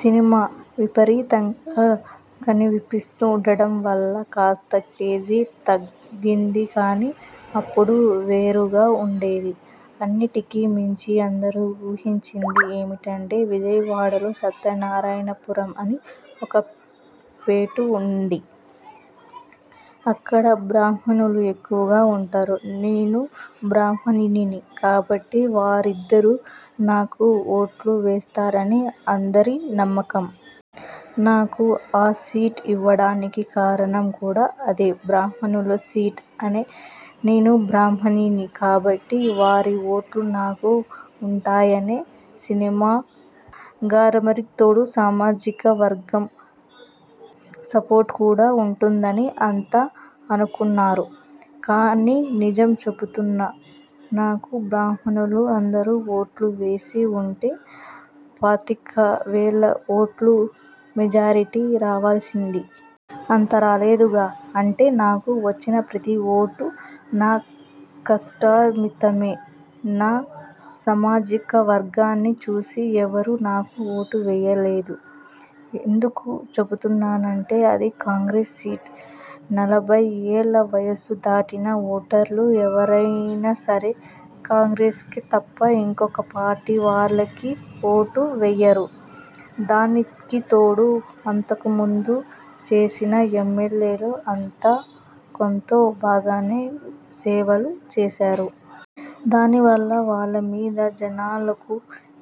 Cinema విపరీతంగా కనిపిస్తుండటంవల్ల కాస్త క్రేజ్ తగ్గిందికానీ అప్పుడు వేరుగా ఉండేది. అన్నిటికీ మించి అందరూ ఊహించింది ఏంటంటే విజయవాడలో సత్యనారాయణపురం అని ఒక పేట ఉంది. అక్కడ బ్రాహ్మణులు ఎక్కువగా ఉంటారు. నేను బ్రాహ్మణుణ్ణి కాబట్టి వాళ్ళందరూ నాకే ఓట్లు వేస్తారని అందరి నమ్మకం. నాకు ఆ సీటు ఇవ్వడానికి కారణం కూడా అది బ్రాహ్మణుల సీటు అనే. నేను బ్రాహ్మణ్ణి కాబట్టి, వారి ఓట్లు నాకు ఉంటాయనే. సినిమా గ్లామర్కి తోడు సామాజికవర్గం సపోర్ట్ కూడా ఉంటుందని అంతా అనుకున్నారు. కానీ నిజం చెబుతున్నా. నాకు బ్రాహ్మణులు అందరూ ఓట్లు వేసి ఉంటే పాతికవేల ఓట్ల మెజారిటీ రావాల్సింది. అంత రాలేదుగా.. అంటే నాకు వచ్చిన ప్రతి ఓటూ నా కష్టార్జితమే. నా సామాజికవర్గాన్ని చూసి ఎవరూ నాకు ఓటు వేయలేదు. ఎందుకు చెప్తున్నానంటే.. అది కాంగ్రెస్ సీటు. నలభైఏళ్ళు వయసు దాటిన ఓటర్లు ఎవరైనాసరే కాంగ్రెస్కితప్ప, ఇంకోపార్టీవాళ్ళకి ఓటు వేయరు. దానికితోడు అంతకుముందు చేసిన ఎమ్మెల్యేలు అంతో కొంతో బాగానే సేవలు చేశారు. దానివల్ల వాళ్ళమీద జనాలకు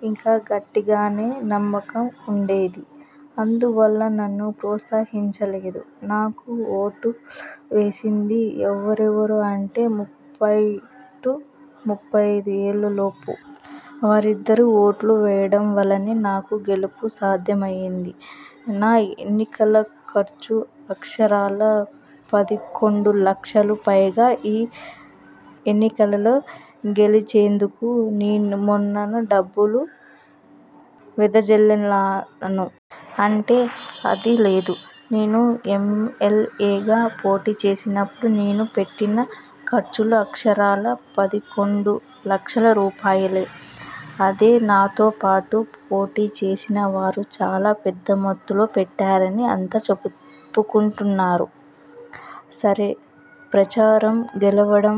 ఇంకా గట్టిగానే నమ్మకం ఉండేది. అందువల్ల నన్ను ప్రోత్సహించలేదు. నాకు ఓట్లు వేసింది ఎవరయ్యా అంటే ముపై- ము పై ఐదు ఏళ్ళలోపు వయసువారే. వాళ్ళందరూ ఓట్లు వేయడంవల్లనే నాకు గెలుపు సాధ్యమైంది. నా ఎన్నికల ఖర్చు అక్షరాలా పదకొండు లక్షలు పైగా ఈ ఎన్నికల్లో గెలిచేందుకు నేనేమైనా డబ్బులు వెదజల్లాను? అంటే అదీ లేదు. నేను ఎం. ఎల్. ఏగా పోటీ చేసినప్పుడు నేను పెట్టిన ఖర్చు అక్షరాలా పదకొండులక్షల రూపాయలే. అదే నాతోపాటు పోటీ చేసిన వారు చాలా పెద్ద మొత్తాలు పెట్టారని అంతా చెప్పుకున్నారు. సరే.. ప్రచారం, గెలవడం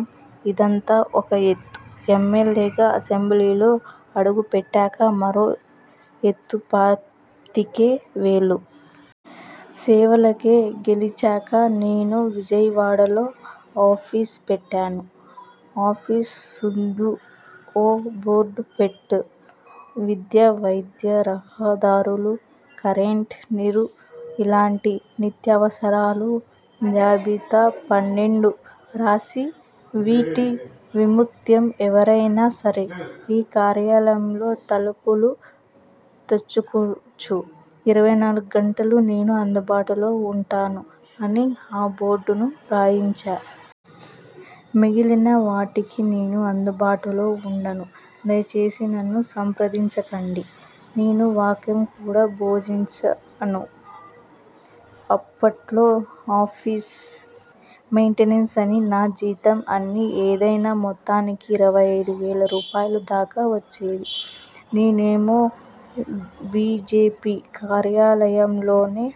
ఇదంతా ఒక ఎత్తు. ఎమ్మెల్యేగా అసెంబ్లీలో అడుగుపెట్టాక మరో ఎత్తుపాతికే వేలు.. సేవలకే! గెలిచాక నేను విజయవాడలో ఆఫీస్ పెట్టాను. ఆఫీస్ముందు ఓ బోర్డు పెట్టా. విద్య, వైద్యం, రహదారులు, కరెంటు, నీరుఇలాంటి నిత్యావసరాల జాబితా పన్నెండు రాసి.. 'వీటి నిమిత్తం ఎవరైనా సరే.. ఈ కార్యాలయం తలుపులు తట్టొచ్చు. ఇరవై నాలుగు గంటలూ నేను అందుబాటులో ఉంటాను' అని ఆ బోర్డులో రాయించా. 'మిగిలిన వాటికి నేను అందుబాటులో ఉండను.. దయచేసి నన్ను సంప్రదించకండి' అనే వాక్యం కూడా జోడించాను. అప్పట్లో ఆఫీస్ మెయింటెనెన్స్ అని, నా జీతం అనీ.. ఏదైనా మొత్తానికి ఇరవై ఐదు వేల రూపాయలు దాకా వచ్చేవి. నేనేమో బీజేపీ కార్యాలయంలోనే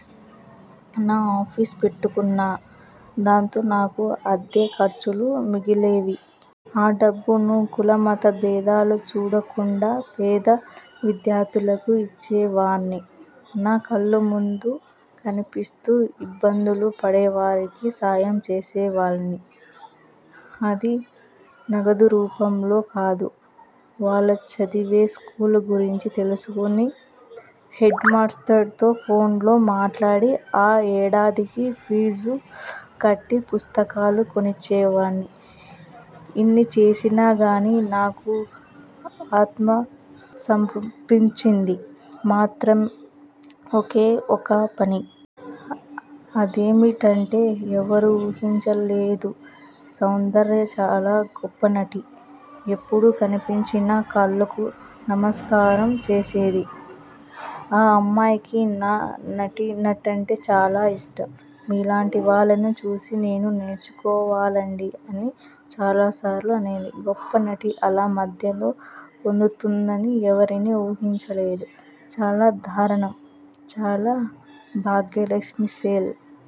నా ఆఫీసు పెట్టుకున్నా. దాంతో నాకు అద్దె ఖర్చులు మిగిలేవి. ఆ డబ్బును కులమత భేదాలు చూడకుండా పేద విద్యార్థులకు ఇచ్చేవాణ్ణి. నా కళ్ళముందు కనిపిస్తూ ఇబ్బందులు పడేవారికే సాయం చేసేవాణ్ణి. అదీ నగదురూపంలో కాదు.. వాళ్ళు చదివే స్కూలు గురించి తెలుసుకుని, హెడ్మాస్టర్తో ఫోనులో మాట్లాడి ఆ ఏడాదికి పీజులు కట్టి, పుస్తకాలు కొనిచ్చేవాణ్ణి. ఇన్ని చేసినాగానీ, నాకు ఆత్మసంతృప్తినిచ్చింది మాత్రం ఒకే ఒక్క పని. అదేమిటంటేఎవరూ ఊహించలేదుసౌందర్య చాలా గొప్పనటి. ఎప్పుడు కనిపించినా కాళ్లకు నమస్కారం చేసేది. ఆ అమ్మాయికి నా నటనంటే చాలా ఇష్టం. 'మీ లాంటి వాళ్ళను చూసి నేను నేర్చుకోవాలండీ' అని చాలాసార్లు అనేది. గొప్పనటి అలా మధ్యలో పోతుందని ఎవరూ ఊహించలేదు. చాలా దారుణం. చల్లా భాగ్యలక్ష్మి సెల్